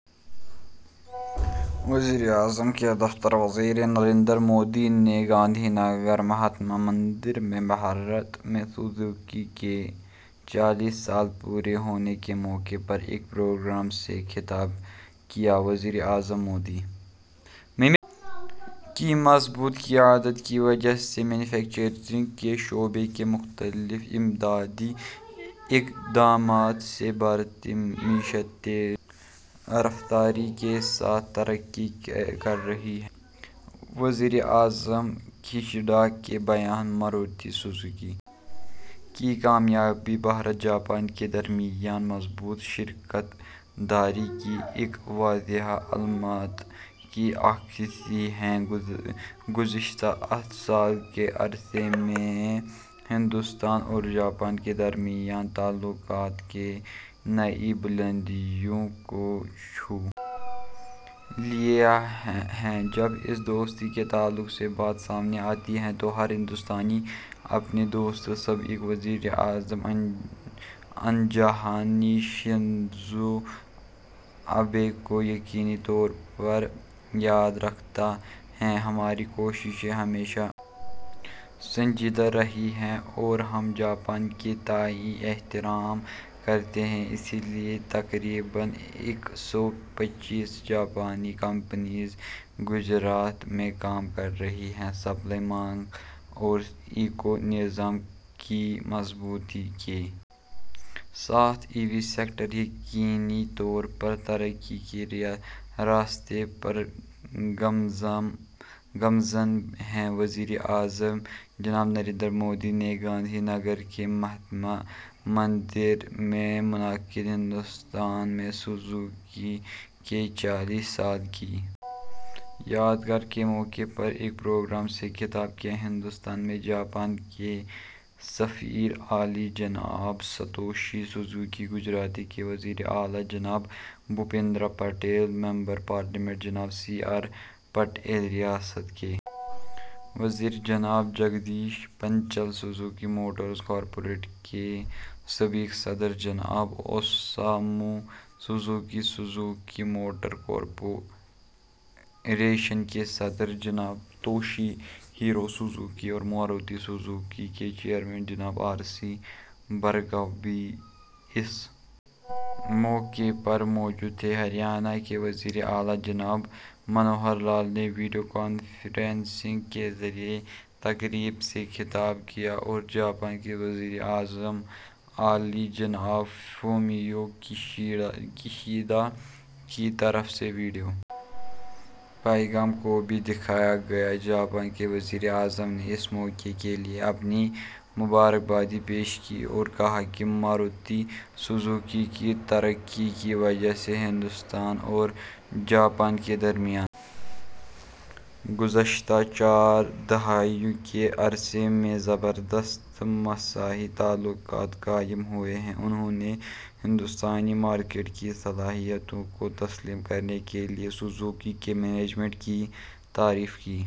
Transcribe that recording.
وزیر اعظم کا دفتر وزیر اعظم نریندر مودی نے گاندھی نگر مہاتما مندر میں بھارت میں سوزوکی کے چالیس سال پورا ہونے کے موقع پر ایک پروگرام سے خطاب کیا وزیر اعظم مودی کی مضبوط قیادت کی وجہ سے مینوفیکچرنگ کے شعبے کے مختلف امدادی اقدامات سے بھارتی معیشت تیز رفتاری کے ساتھ ترقی کر رہی ہے جاپان کے وزیر اعظم کیشیدا کا بیان ماروتی سوزوکی کی کامیابی بھارت جاپان کے درمیان مضبوط شراکت داری کی ایک واضح علامت کی عکاسی ہے گزشتہ آٹھ سال کے عرصے میں ہندوستان اور جاپان کے درمیان تعلقات نے نئی بلندیوں کو چھو لیا ہے جب اس دوستی کے تعلق سے بات سامنے آتی ہے تو ہر ہندوستانی اپنے دوست سابق وزیر اعظم آنجہانی شنزو آبے کو یقینی طور پر یاد رکھتا ہے ہماری کوششیں ہمیشہ سنجیدہ رہی ہیں اور ہم جاپان کے تئیں احترام کرتے ہیں اسی لیے تقریباً ایک سو پچیس جاپانی کمپنیاں گجرات میں کام کر رہی ہیں سپلائی مانگ اور ایکو نظام کی مضبوطی کے ساتھ ای وی سیکٹر یقینی طور پر ترقی کے راستے پر گامزن ہے وزیر اعظم جناب نریندر مودی نے گاندھی نگر کے مہاتما مندر میں منعقد ہندوستان میں سوزوکی کے چالیس سال کی یادگار کے موقع پر ایک پروگرام سے خطاب کیا ہندوستان میں جاپان کے سفیر عالی جناب ستوشی سوزوکی گجرات کے وزیر اعلیٰ جناب بھوپیندر پٹیل ممبر پارلیمنٹ جناب سی آر پٹیل ریاست کے وزیر جناب Jagdish Panchal Suzuki Motor Corporation کے سابق صدر جناب Osamu Suzuki Suzuki Motor Corporation کے صدر جناب توشی ہیرو سوزوکی اور ماروتی سوزوکی کے چیئرمین جناب آر سی بھارگو بھی اس موقع پر موجود تھے ہریانہ کے وزیر اعلیٰ جناب منوہر لال نے ویڈیو کانفرنسنگ کے ذریعے تقریب سے خطاب کیا اور جاپان کے وزیر اعظم عالی جناب فومیو کیشیدا کی طرف سے ویڈیو پیغام کو بھی دکھایا گیا جاپان کے وزیر اعظم نے اس موقع کے لیے اپنی مبارکباد پیش کی اور کہا کہ ماروتی سوزوکی کی ترقی کی وجہ سے ہندوستان اور جاپان کے درمیان گزشتہ چار دہائیوں کے عرصے میں زبردست معاشی تعلقات قائم ہوئے ہیں انہوں نے ہندوستانی مارکیٹ کی صلاحیت کو تسلیم کرنے کے لیے سوزوکی کے مینجمنٹ کی تعریف کی